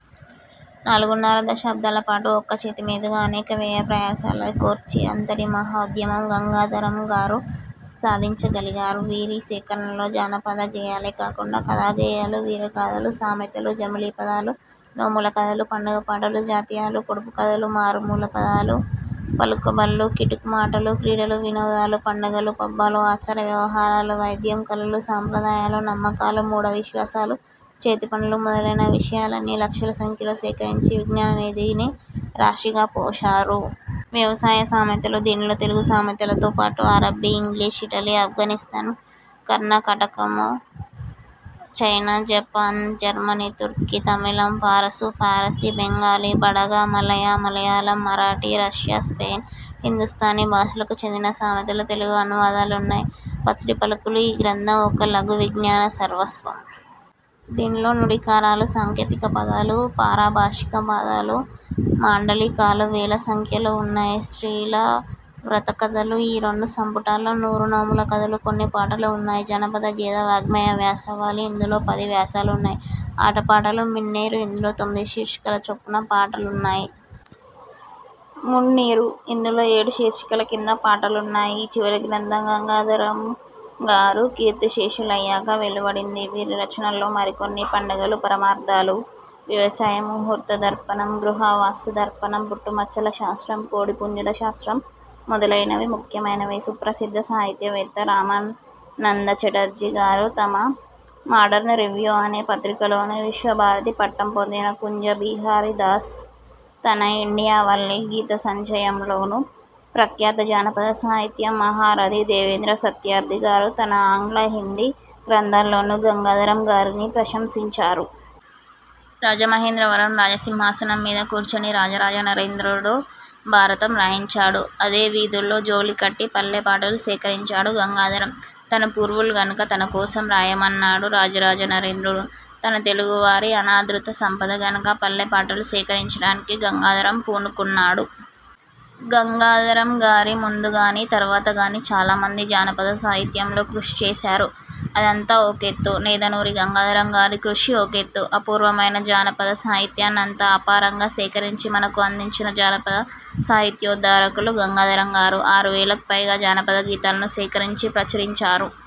నాలుగున్నర దశాబ్దాలపాటు ఒక్క చేతి మీదుగా అనేక వ్యయ ప్రయాసలకోర్చి అంతటి మహోద్యమం గంగాధరంగారు సాగించగలిగారు. వీరి సేకరణలో జానపద గేయాలే కాకుండా కథాగేయాలు, వీరగాథలు, సామెతలు, జమిలి పదాలు, నోముల కథలు, పండుగ పాటలు, జాతీయాలు, పొడుపు కథలు, మారుమూల పదాలు, పలుకుబళ్ళు, కిటుకు మాటలు, క్రీడలు వినోదాలు, పండుగలు పబ్బాలు, ఆచార వ్యవహారాలు, వైద్యం, కళలు, సంప్రదాయాలు, నమ్మకాలు, మూఢవిశ్వాసాలు, చేతిపనులు మొదలైన విష యాలన్నీ లక్షల సంఖ్యలో సేకరించి విజ్ఞాననిధిని రాశిగా పోశారు. 'వ్యవసాయ సామెతలు', దీనిలో తెలుగు సామెతల తోపాటు అరబ్బీ, ఇంగ్లీషు, ఇటలీ, ఆఫ్ఘనిస్థాను, కర్ణకటము, చైనా, జపాను, జర్మనీ, తుర్కీ, తమిళం, పరాసు, ఫారసీ, Bengali, Badaga, Malaya, Malayalam, Marathi, Russia, Spain, Hindustani భాషలకు చెందిన సామెతల తెలుగు అనువాదాలున్నాయి. 'పసిడి పలుకులు'-, ఈ గ్రంథం ఒక లఘువిజ్ఞాన సర్వస్వం. దీనిలో నుడికారాలు, సాంకేతికపదాలు, పారిభాషిక పదాలు మాండలి కాలు వేల సంఖ్యలో ఉన్నాయి. 'స్త్రీల వ్రత కథలు'-, ఈ రెండు సంపుటాల్లో నూరు నోముల కథలు కొన్ని పాటలు ఉన్నాయి. 'జానపద గేయ వాఙ్మయ వ్యాసావళి', ఇందులో పది వ్యాసాలున్నాయ్. ఆట పాటలు-. 'మిన్నేరు'-, ఇందులో తొమ్మిది శీర్షికల చొప్పున పాటలున్నాయి. 'మున్నీరు'-, ఇందులో ఏడు శీర్షికల కింద పాటలున్నాయి. ఈ చివరి గ్రంథం గంగాథరంగారు కీర్తిశేషులయ్యాక వెలువడింది. వీరి రచనల్లో మరికొన్ని: పండుగలు-పరమార్థాలు, వ్యవసాయ ముహూర్త దర్పణం, గృహవాస్తు దర్ప ణం, పుట్టు మచ్చల శాస్త్రం, కోడిపుంజుల శాస్త్రం మొదలైనవి ముఖ్యమైనవి. సుప్రసిద్ధ సాహితివేత్త రామానంద చటర్జీ గారు తమ 'మాడర్న్ రివ్యు' అనే పత్రికలోనూ, విశ్వభారతి పట్టం పొందిన కుంజ బిహారీదాస్ తన ఇండియావల్లి గీత సంచయంలోనూ, ప్రఖ్యాత జానపద సాహిత్య మహారథి దేవేంద్ర సత్యార్థి గారు తన ఆంగ్ల, హిందీ గ్రంథాల్లోనూ గంగాధరం గారిని ప్రశంసించారు. రాజమహేంద్ర వరం రాజసింహాసనం మీద కూర్చొని రాజరాజ నరేంద్రుడు భారతం రాయిం చాడు. అదే వీధుల్లో జోలికట్టి పల్లెపాటలు సేకరించాడు గంగాధరం. తన పూర్వులు గనుక తన కోసం రాయ మన్నాడు రాజరాజనరేంద్రుడు. తన తెలుగు వారి అనాదృత సంపద గనక పల్లెపాటలు సేకరిం చడానికి గంగాధరం పూనుకున్నాడు. గంగాధరం గారి ముందుగానీ, తర్వాతగానీ చాలామంది జానపద సాహిత్యంలో కృషి చేశారు. అదంతా ఒకెత్తు, నేదునూరి గంగాధరం గారి కృషి ఒకెత్తు. అపూర్వమైన జానపద సాహిత్యాన్నంతా అపారంగా సేకరించి మనకు అందించిన జానపద సాహిత్యోద్ధారకులు గంగాధరం గారు. ఆరువేలకు పైగా జానపద గీతాలను సేకరించి ప్రచురించారు.